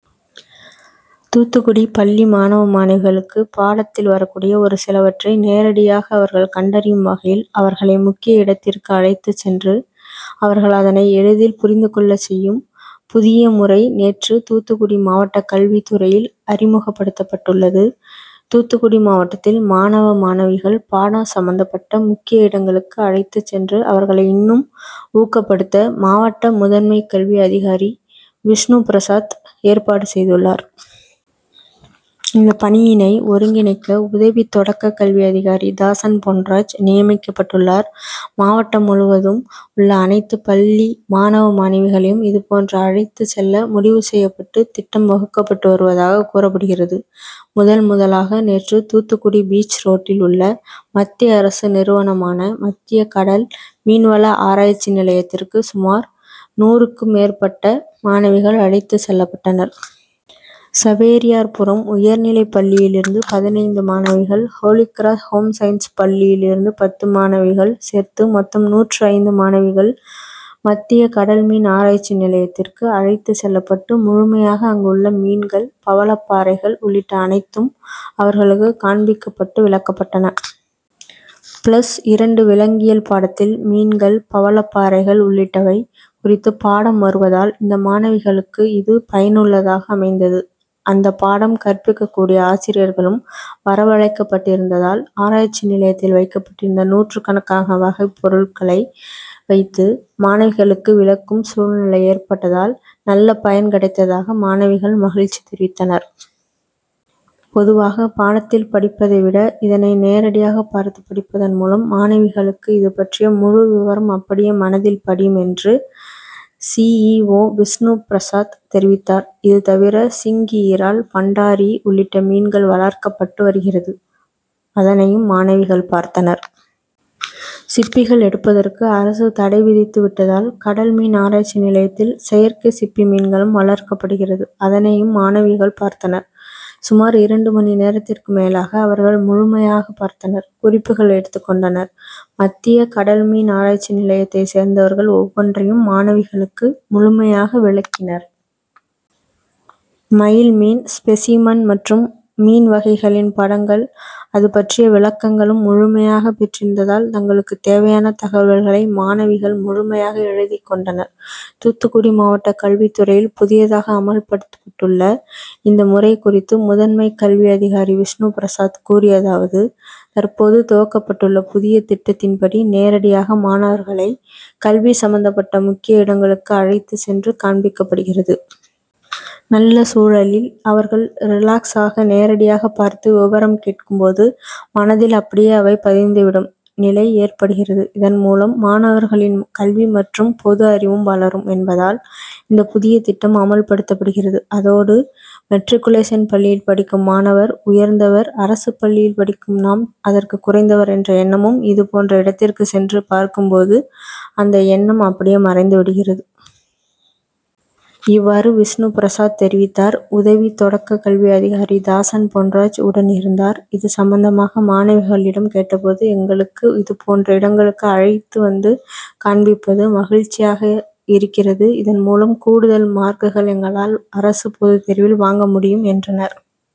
தூத்துக்குடி பள்ளி மாணவ, மாணவிகளுக்கு பாடத்தில் வரக் கூடிய ஒரு சிலவற்றை நேரடியாக அவர்கள் கண்டறியும் வகையில் அவர்களை முக்கிய இடத்திற்கு அழைத்து சென்று அவர்கள் அதனை எளிதில் புரிந்து கொள்ள செய்யும் புதிய முறை நேற்று தூத்துக்குடி மாவட்ட கல்வித்துறையில் அறிமுகப்படுத்தப்பட்டுள்ளது. தூத்துக்குடி மாவட்டத்தில் மாணவ, மாணவிகள் பாட சம்பந்தபட்ட முக்கிய இடங்களுக்கு அழைத்து சென்று அவர்களை இன்னும் ஊக்கப்படுத்த மாவட்ட முதன்மை கல்வி அதிகாரி விஷ்ணுபிரசாத் ஏற்பாடு செய்துள்ளார். இந்த பணியினை ஒருங்கிணைக்க உதவி தொடக்க கல்வி அதிகாரி தாசன் பொன்ராஜ் நியமிக்கப்பட்டிருக்கிறார். மாவட்டம் முழுவதும் உள்ள அனைத்து பள்ளி மாணவ, மாணவிகளையும் இது போன்று அழைத்து செல்ல முடிவு செய்யப்பட்டு திட்டம் வகுக்கப்பட்டு வருவதாக கூறப்படுகிறது. முதல், முதலாக நேற்று தூத்துக்குடி பீச் ரோட்டில் உள்ள மத்திய அரசு நிறுவனமான மத்திய கடல் மீன்வள ஆராய்ச்சி நிலையத்திற்கு சுமார் நூறுக்கும் மேற்பட்ட மாணவிகள் அழைத்து செல்லப்பட்டனர். சவேரியார்புரம் உயர்நிலைப் பள்ளியில் இருந்து பதினைந்து மாணவிகள், ஹோலிகிராஸ் ஹோம் சயின்ஸ் பள்ளியில் இருந்து பத்து மாணவிகள் சேர்த்து மொத்தம் நூற்று ஐந்து மாணவிகள் மத்திய கடல் மீன் ஆராய்ச்சி நிலையத்திற்கு அழைத்து செல்லப்பட்டு முழுமையாக அங்குள்ள மீன்கள், பவளப்பாறைகள் உள்ளிட்ட அனைத்தும் அவர்களுக்கு காண்பிக்கப்பட்டு விளக்கப்பட்டன. பிளஸ் இரண்டு விலங்கியல் பாடத்தில் மீன்கள், பவளப்பாறைகள் உள்ளிட்டவை குறித்து பாடம் வருவதால் அந்த மாணவிகளுக்கு இது பயனுள்ளதாக அமைந்தது. அந்த பாடம் கற்பிக்க கூடிய ஆசிரியர்களும் வரவழைக்கப்பட்டிருந்ததால் ஆராய்ச்சி நிலையத்தில் வைக்கப்பட்டிருந்த நூற்றுக்கணக்கான வகை பொருட்களை வைத்து மாணவிகளுக்கு விளக்கும் சூழ்நிலை ஏற்பட்டதால் நல்ல பயன் கிடைத்ததாக மாணவிகள் மகிழ்ச்சி தெரிவித்தனர். பொதுவாக பாடத்தில் படிப்பதை விட இதனை நேரடியாக பார்த்து படிப்பதன் மூலம் மாணவிகளுக்கு இது பற்றிய முழு விபரம் அப்படியே மனதில் படியும் என்று சி. இ. ஓ விஷ்ணுபிரசாத் தெரிவித்தார். இது தவிர சிங்கி இரால், பண்டாரி உள்ளிட்ட மீன்கள் வளர்க்கப்பட்டு வருகிறது. அதனையும் மாணவிகள் பார்த்தனர். சிப்பிகள் எடுப்பதற்கு அரசு தடை விதித்து விட்டதால் கடல் மீன் ஆராய்ச்சி நிலையத்தில் செயற்கை சிப்பி மீன்களும் வளர்க்கப்படுகிறது. அதனையும் மாணவிகள் பார்த்தனர். சுமார் இரண்டு மணி நேரத்திற்கு மேலாக அவர்கள் முழுமையாக பார்த்தனர். குறிப்புகள் எடுத்து கொண்டனர். மத்திய கடல்மீன் ஆராய்ச்சி நிலையத்தை சேர்ந்தவர்கள் ஒவ்வொன்றையும் மாணவிகளுக்கு முழுமையாக விளக்கினர். மயில் மீன் ஸ்பெசிமன் மற்றும் மீன் வகைகளின் படங்கள், அது பற்றிய விளக்கங்களும் முழுமையாக இடம் பெற்றிருந்ததால் தங்களுக்கு தேவையான தகவல்களை மாணவிகள் முழுமையாக எழுதிக் கொண்டனர். தூத்துக்குடி மாவட்ட கல்வித்துறையில் புதியதாக அமல்படுத்தப்பட்டுள்ள இந்த முறை குறித்து முதன்மை கல்வி அதிகாரி விஷ்ணுபிரசாத் கூறியதாவது தற்போது துவக்கப்பட்டுள்ள புதிய திட்டத்தின்படி நேரடியாக மாணவர்களை கல்வி சம்பந்தப்பட்ட முக்கிய இடங்களுக்கு அழைத்து சென்று காண்பிக்கப்படுகிறது. நல்ல சூழலில் அவர்கள் ரிலாக்ஸ் ஆக நேரடியாக பார்த்து விபரம் கேட்கும் போது மனதில் அப்படியே அவை பதிந்து விடும் நிலை ஏற்படுகிறது. இதன் மூலம் மாணவர்களின் கல்வி மற்றும் பொது அறிவும் வளரும் என்பதால் இந்த புதிய திட்டம் அமல்படுத்தப்பட்டுள்ளது. அதோடு மெட்ரிக்குலேஷன் பள்ளியில் படிக்கும் மாணவர் உயர்ந்தவர், அரசு பள்ளியில் படிக்கும் நாம் அதற்கு குறைந்தவர் என்ற எண்ணமும் இதுபோன்ற இடத்திற்கு சென்று பார்க்கும் போது அந்த எண்ணம் அப்படியே மறைந்து விடுகிறது. இவ்வாறு விஷ்ணுபிரசாத் தெரிவித்தார். உதவி தொடக்க கல்வி அதிகாரி தாசன் பொன்ராஜ் உடனிருந்தார். இது சம்பந்தமாக மாணவிகளிடம் கேட்ட போது, எங்களுக்கு இது போன்ற இடங்களுக்கு அழைத்து வந்து காண்பிப்பது மகிழ்ச்சியாக இருக்கிறது. இதன் மூலம் கூடுதல் மார்க்குகள் எங்களால் அரசு பொது தேர்வில் வாங்க முடியும் என்றனர்.